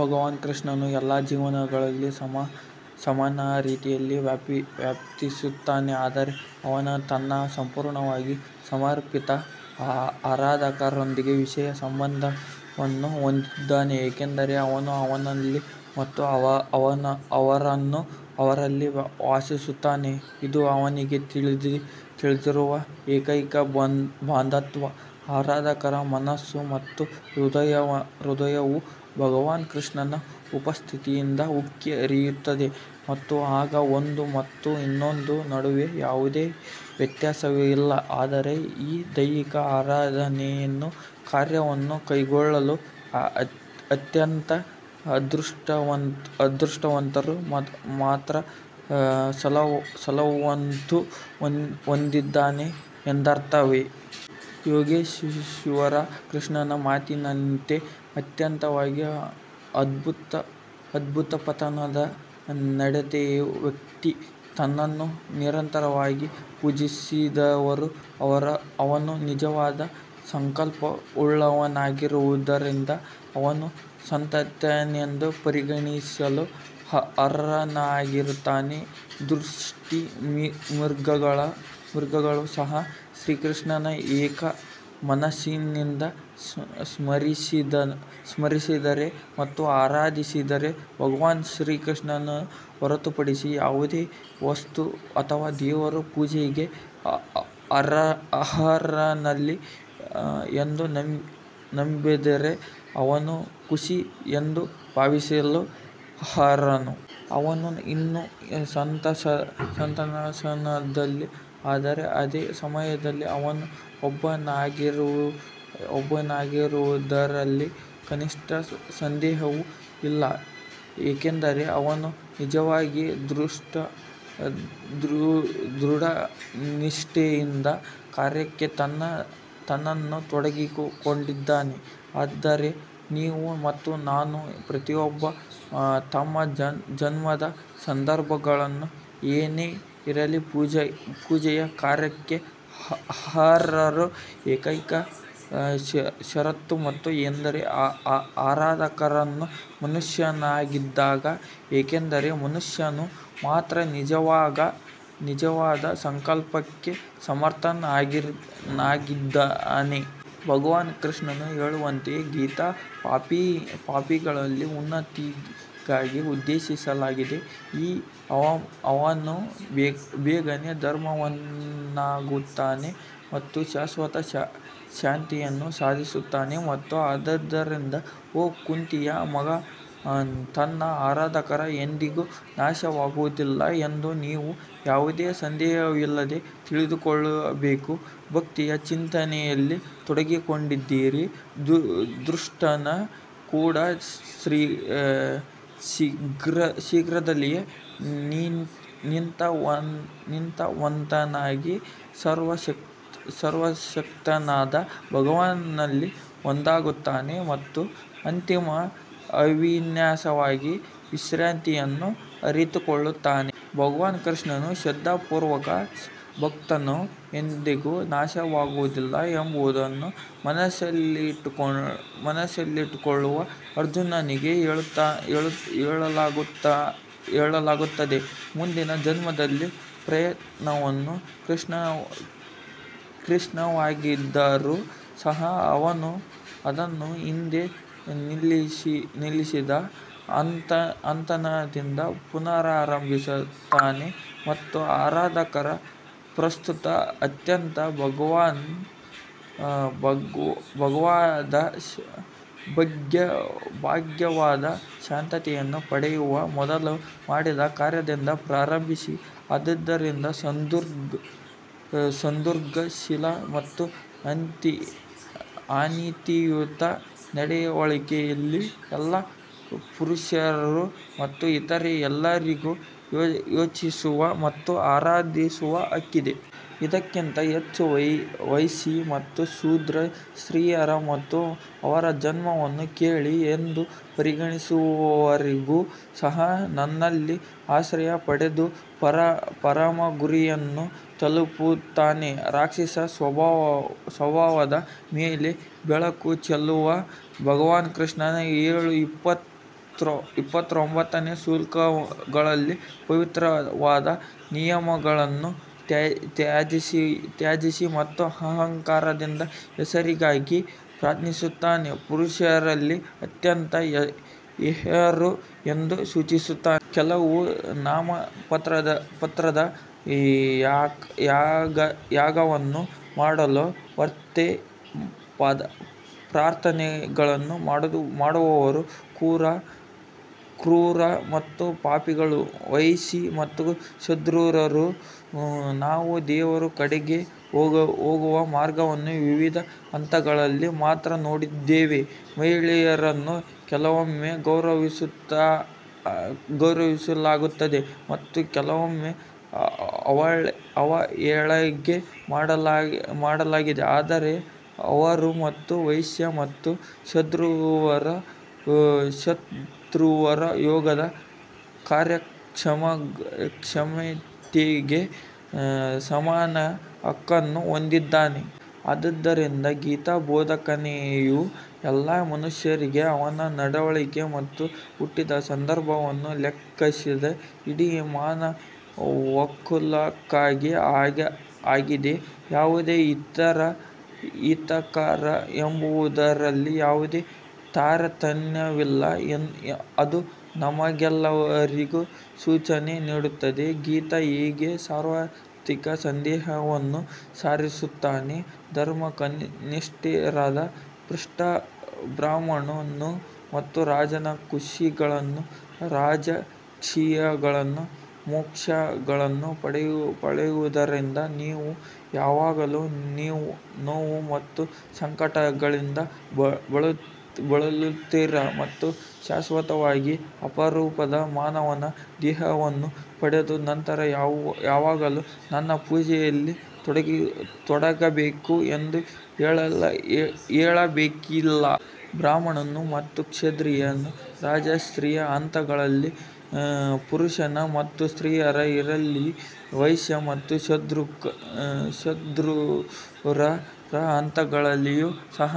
ಭಗವಾನ್ ಕೃಷ್ಣನು ಎಲ್ಲಾ ಜೀವಿಗಳನ್ನು ಸಮಾನ ರೀತಿಯಲ್ಲಿ ವ್ಯಾಪಿಸುತ್ತಾನೆ ಆದರೆ ಅವನು ತನ್ನ ಸಂಪೂರ್ಣ ಸಮರ್ಪಿತ ಆರಾಧಕರೊಂದಿಗೆ ವಿಶೇಷ ಸಂಬಂಧವನ್ನು ಹೊಂದಿದ್ದಾನೆ ಏಕೆಂದರೆ ಅವರು ಅವನಲ್ಲಿ ಮತ್ತು ಅವನು ಅವರಲ್ಲಿ ವಾಸಿಸುತ್ತಾರೆ ಇದು ಅವನಿಗೆ ತಿಳಿದಿರುವ ಏಕೈಕ ಬಂಧುತ್ವ. ಆರಾಧಕರ ಮನಸ್ಸು ಮತ್ತು ಹೃದಯವು ಭಗವಾನ್ ಕೃಷ್ಣನ ಉಪಸ್ಥಿತಿಯಿಂದ ಉಕ್ಕಿ ಹರಿಯುತ್ತದೆ ಮತ್ತು ಆಗ ಒಂದು ಮತ್ತು ಇನ್ನೊಂದರ ನಡುವೆ ಯಾವುದೇ ವ್ಯತ್ಯಾಸವಿಲ್ಲ ಆದರೆ ಈ ದೈವಿಕ ಆರಾಧನೆಯ ಕಾರ್ಯವನ್ನು ಕೈಗೊಳ್ಳಲು ಅತ್ಯಂತ ಅದೃಷ್ಟವಂತರು ಮಾತ್ರ ಸವಲತ್ತು ಹೊಂದಿದ್ದಾರೆ ಎಂದರ್ಥವೇ? ಯೋಗೇಶ್ವರ್ ಕೃಷ್ಣನ ಮಾತಿನಲ್ಲಿ ಅತ್ಯಂತ ಅಧಃಪತನದ ನಡತೆಯ ವ್ಯಕ್ತಿ ನನ್ನನ್ನು ನಿರಂತರವಾಗಿ ಪೂಜಿಸಿದರೂ ಅವನು ನಿಜವಾದ ಸಂಕಲ್ಪವುಳ್ಳವನಾಗಿರುವುದರಿಂದ ಅವನು ಸಂತನೆಂದು ಪರಿಗಣಿಸಲು ಅರ್ಹನಾಗಿರುತ್ತಾನೆ. ದುಷ್ಕರ್ಮಿಗಳು ಸಹ ಶ್ರೀಕೃಷ್ಣನನ್ನು ಏಕಮನಸ್ಸಿನಿಂದ ಸ್ಮರಿಸಿದರೆ ಮತ್ತು ಆರಾಧಿಸಿದರೆ ಭಗವಾನ್ ಶ್ರೀಕೃಷ್ಣನನ್ನು ಹೊರತುಪಡಿಸಿ ಯಾವುದೇ ವಸ್ತು ಅಥವಾ ದೇವರು ಪೂಜೆಗೆ ಅರ್ಹನಲ್ಲ ಎಂದು ನಂಬಿದರೆ ಅವನು ಋಷಿ ಎಂದು ಭಾವಿಸಲು ಅರ್ಹನು. ಅವನು ಇನ್ನೂ ಸಂತನಲ್ಲ ಆದರೆ ಅದೇ ಸಮಯದಲ್ಲಿ ಅವನು ಒಬ್ಬನಾಗುವುದರಲ್ಲಿ ಕನಿಷ್ಠ ಸಂದೇಹವೂ ಇಲ್ಲ ಏಕೆಂದರೆ ಅವನು ನಿಜವಾದ ದೃಢನಿಶ್ಚಯದಿಂದ ಕಾರ್ಯಕ್ಕೆ ತನ್ನನ್ನು ತೊಡಗಿಸಿಕೊಂಡಿದ್ದಾನೆ. ಆದ್ದರಿಂದ ನೀವು ಮತ್ತು ನಾನು ಪ್ರತಿಯೊಬ್ಬರೂ ನಮ್ಮ ಜನ್ಮದ ಸಂದರ್ಭಗಳು ಏನೇ ಇರಲಿ ಪೂಜೆಯ ಕಾರ್ಯಕ್ಕೆ ಅರ್ಹರು. ಏಕೈಕ ಷರತ್ತು ಎಂದರೆ ಆರಾಧಕನು ಮನುಷ್ಯನಾಗಿದ್ದಾನೆ ಏಕೆಂದರೆ ಮನುಷ್ಯನು ಮಾತ್ರ ನಿಜವಾದ ಸಂಕಲ್ಪಕ್ಕೆ ಸಮರ್ಥನಾಗಿದ್ದಾನೆ. ಭಗವಾನ್ ಕೃಷ್ಣ ಹೇಳುವಂತೆ ಗೀತಾ ಪಾಪಿಗಳ ಉನ್ನತಿಗಾಗಿ ಉದ್ದೇಶಿಸಲಾಗಿದೆ. ಹೀಗೆ ಅವನು ಬೇಗನೇ ಧರ್ಮವಂತನಾಗುತ್ತಾನೆ ಮತ್ತು ಶಾಶ್ವತ ಶಾಂತಿಯನ್ನು ಸಾಧಿಸುತ್ತಾನೆ ಮತ್ತು ಆದ್ದರಿಂದ ಓ ಕುಂತಿಯ ಮಗ ನನ್ನ ಆರಾಧಕನು ಎಂದಿಗೂ ನಾಶವಾಗುವುದಿಲ್ಲ ಎಂದು ನೀವು ಯಾವುದೇ ಸಂದೇಹವಿಲ್ಲದೆ ತಿಳಿದುಕೊಳ್ಳಬೇಕು. ಭಕ್ತಿಯ ಚಿಂತನೆಯಲ್ಲಿ ತೊಡಗಿದರೆ ದುಷ್ಟನು ಕೂಡ ಶೀಘ್ರದಲ್ಲೇ ನೀತಿವಂತನಾಗಿ ಸರ್ವಶಕ್ತನಾದ ಭಗವಂತನಲ್ಲಿ ಒಂದಾಗುತ್ತಾನೆ ಮತ್ತು ಅಂತಿಮ ಅವಿನಾಶವಾದ ವಿಶ್ರಾಂತಿಯನ್ನು ಅರಿತುಕೊಳ್ಳುತ್ತಾನೆ. ಭಗವಾನ್ ಕೃಷ್ಣನ ಶ್ರದ್ಧಾಪೂರ್ವಕ ಭಕ್ತನು ಎಂದಿಗೂ ನಾಶವಾಗುವುದಿಲ್ಲ ಎಂಬುದನ್ನು ಮನಸ್ಸಿನಲ್ಲಿಟ್ಟುಕೊಳ್ಳಲು ಅರ್ಜುನನಿಗೆ ಹೇಳಲಾಗುತ್ತದೆ. ಮುಂದಿನ ಜನ್ಮದಲ್ಲಿ ಪ್ರಯತ್ನವು ಕ್ಷೀಣವಾಗಿದ್ದರೂ ಸಹ ಅದನ್ನು ಹಿಂದೆ ನಿಲ್ಲಿಸಿದ ಹಂತದಿಂದ ಪುನರಾರಂಭಿಸಲಾಗುತ್ತದೆ ಮತ್ತು ಆರಾಧಕನು ಪ್ರಸ್ತುತ ಅತ್ಯಂತ ಭವ್ಯವಾದ ಶಾಂತಿಯನ್ನು ಪಡೆಯುವ ಮೊದಲು ಮಾಡಿದ ಕಾರ್ಯದಿಂದ ಪ್ರಾರಂಭಿಸಿ. ಆದ್ದರಿಂದ ಸದ್ಗುಣಶೀಲ ಮತ್ತು ಅನೀತಿಯುತ ನಡವಳಿಕೆಯ ಎಲ್ಲಾ ಪುರುಷರು ಮತ್ತು ಇತರ ಎಲ್ಲರಿಗೂ ಯೋಚಿಸುವ ಮತ್ತು ಆರಾಧಿಸುವ ಹಕ್ಕಿದೆ. ಇದಕ್ಕಿಂತ ಹೆಚ್ಚು ವೈಶಿ ಮತ್ತು ಶೂದ್ರ ಸ್ತ್ರೀಯರು ಮತ್ತು ಅವರ ಜನ್ಮವನ್ನು ಕೀಳು ಎಂದು ಪರಿಗಣಿಸುವವರೂ ಸಹ ನನ್ನಲ್ಲಿ ಆಶ್ರಯ ಪಡೆದು ಪರಮ ಗುರಿಯನ್ನು ತಲುಪುತ್ತಾರೆ. ರಾಕ್ಷಸ ಸ್ವಭಾವದ ಮೇಲೆ ಬೆಳಕು ಚೆಲ್ಲುವ ಭಗವಾನ್ ಕೃಷ್ಣನು ಏಳು ಇಪ್ಪತ್ತೊಂದನೇ ಶ್ಲೋಕಗಳಲ್ಲಿ ಪವಿತ್ರವಾದ ನಿಯಮಗಳನ್ನು ತ್ಯಜಿಸಿ ಮತ್ತು ಅಹಂಕಾರದಿಂದ ಹೆಸರಿಗಾಗಿ ಪ್ರಾರ್ಥಿಸುವವರು ಪುರುಷರಲ್ಲಿ ಅತ್ಯಂತ ಹೇಯರು ಎಂದು ಸೂಚಿಸುತ್ತಾರೆ. ಕೇವಲ ನಾಮಮಾತ್ರದ ಯಾಗವನ್ನು ಮಾಡುವ ವ್ಯರ್ಥ ಪ್ರಾರ್ಥನೆಗಳನ್ನು ಮಾಡುವವರು ಕ್ರೂರ ಮತ್ತು ಪಾಪಿಗಳು. ವೈಶಿ ಮತ್ತು ಶೂದ್ರರು ನಾವು ದೇವರ ಕಡೆಗೆ ಹೋಗುವ ಮಾರ್ಗದ ವಿವಿಧ ಹಂತಗಳನ್ನು ಮಾತ್ರ ನೋಡಿದ್ದೇವೆ. ಮಹಿಳೆಯರನ್ನು ಕೆಲವೊಮ್ಮೆ ಗೌರವಿಸಲಾಗುತ್ತದೆ ಮತ್ತು ಕೆಲವೊಮ್ಮೆ ಅವಹೇಳನ ಮಾಡಲಾಗಿದೆ ಆದರೆ ಅವರು ಮತ್ತು ವೈಶಿ ಮತ್ತು ಶೂದ್ರರು ಯೋಗದ ಕಾರ್ಯಕ್ಷಮತೆಗೆ ಸಮಾನ ಹಕ್ಕನ್ನು ಹೊಂದಿದ್ದಾರೆ. ಆದ್ದರಿಂದ ಗೀತಾ ಬೋಧನೆಯು ಎಲ್ಲಾ ಮನುಷ್ಯರಿಗೆ ಅವರ ನಡವಳಿಕೆ ಮತ್ತು ಹುಟ್ಟಿನ ಸಂದರ್ಭವನ್ನು ಲೆಕ್ಕಿಸದೆ ಇಡೀ ಮಾನವಕುಲಕ್ಕಾಗಿ ಆಗಿದೆ. ಯಾವುದು ಹಿತಕರ ಎಂಬುದರಲ್ಲಿ ಯಾವುದೇ ತಾರತಮ್ಯವಿಲ್ಲದೆ ಅದು ನಮಗೆಲ್ಲರಿಗೂ ಸೂಚನೆ ನೀಡುತ್ತದೆ. ಗೀತಾ ಹೀಗೆ ಸಾರ್ವತ್ರಿಕ ಸಂದೇಶವನ್ನು ಸಾರುತ್ತದೆ. ಧರ್ಮನಿಷ್ಠರಾದ ಬ್ರಾಹ್ಮಣ ಮತ್ತು ರಾಜ ಋಷಿಗಳು ರಾಜರ್ಷಿಗಳು ಮೋಕ್ಷವನ್ನು ಪಡೆಯುವುದರಿಂದ ನೀವು ಯಾವಾಗಲೂ ನೋವು ಮತ್ತು ಸಂಕಟಗಳಿಂದ ಬಳಲುತ್ತಿರುವ ಮತ್ತು ಅಶಾಶ್ವತವಾದ ಅಪರೂಪದ ಮಾನವ ದೇಹವನ್ನು ಪಡೆದ ನಂತರ ಯಾವಾಗಲೂ ನನ್ನ ಪೂಜೆಯಲ್ಲಿ ತೊಡಗಬೇಕು ಎಂದು ಹೇಳಬೇಕಿಲ್ಲ. ಬ್ರಾಹ್ಮಣ ಮತ್ತು ಕ್ಷತ್ರಿಯ ರಾಜರ್ಷಿ ಹಂತಗಳಲ್ಲಿ ಪುರುಷರು ಮತ್ತು ಸ್ತ್ರೀಯರು ಇರಲಿ ವೈಶಿ ಮತ್ತು ಶೂದ್ರರ ಹಂತಗಳಲ್ಲಿಯೂ ಸಹ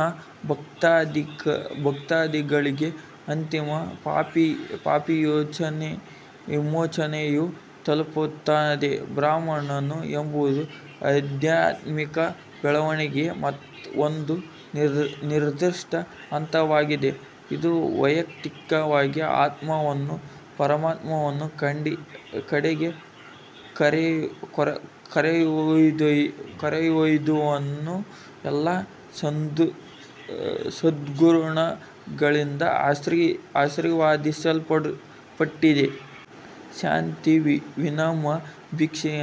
ಭಕ್ತಾದಿಗಳಿಗೆ ಅಂತಿಮ ಪಾಪವಿಮೋಚನೆಯು ತಲುಪುತ್ತದೆ. ಬ್ರಾಹ್ಮಣ ಎಂಬುದು ಆಧ್ಯಾತ್ಮಿಕ ಬೆಳವಣಿಗೆಯ ಒಂದು ನಿರ್ದಿಷ್ಟ ಹಂತವಾಗಿದೆ ಇದು ವೈಯಕ್ತಿಕ ಆತ್ಮವನ್ನು ಪರಮಾತ್ಮನ ಕಡೆಗೆ ಕರೆದೊಯ್ಯುವ ಎಲ್ಲಾ ಸದ್ಗುಣಗಳಿಂದ ಆಶೀರ್ವದಿಸಲ್ಪಟ್ಟಿದೆ. ಶಾಂತಿ ವಿನಮ್ರ ಭಿಕ್ಷೆಯ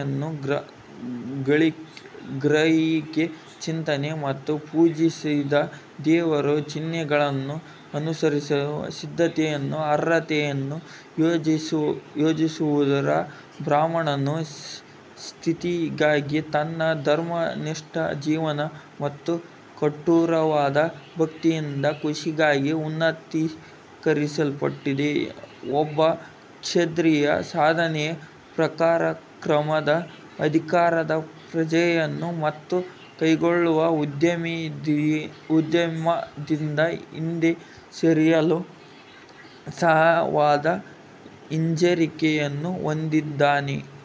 ಗ್ರಹಿಕೆ ಚಿಂತನೆ ಮತ್ತು ಪೂಜಿಸಿದ ದೇವರ ಚಿಹ್ನೆಗಳನ್ನು ಅನುಸರಿಸಲು ಸಿದ್ಧತೆಯ ಅರ್ಹತೆಗಳನ್ನು ಸಂಯೋಜಿಸುವುದು ಬ್ರಾಹ್ಮಣರ ಸ್ಥಿತಿಯಾಗಿದೆ. ತನ್ನ ಧರ್ಮನಿಷ್ಠ ಜೀವನ ಮತ್ತು ಕಠೋರವಾದ ಭಕ್ತಿಯಿಂದ ಋಷಿಯಾಗಿ ಉನ್ನತೀಕರಿಸಲ್ಪಟ್ಟ ಒಬ್ಬ ಕ್ಷತ್ರಿಯನು ಸಾಧನೆಯ ಪರಾಕ್ರಮದ ಅಧಿಕಾರದ ಪ್ರಜ್ಞೆಯನ್ನು ಮತ್ತು ಕೈಗೊಂಡ ಉದ್ಯಮದಿಂದ ಹಿಂದೆ ಸರಿಯಲು ಸಹಜವಾದ ಹಿಂಜರಿಕೆಯನ್ನು ಹೊಂದಿದ್ದಾನೆ.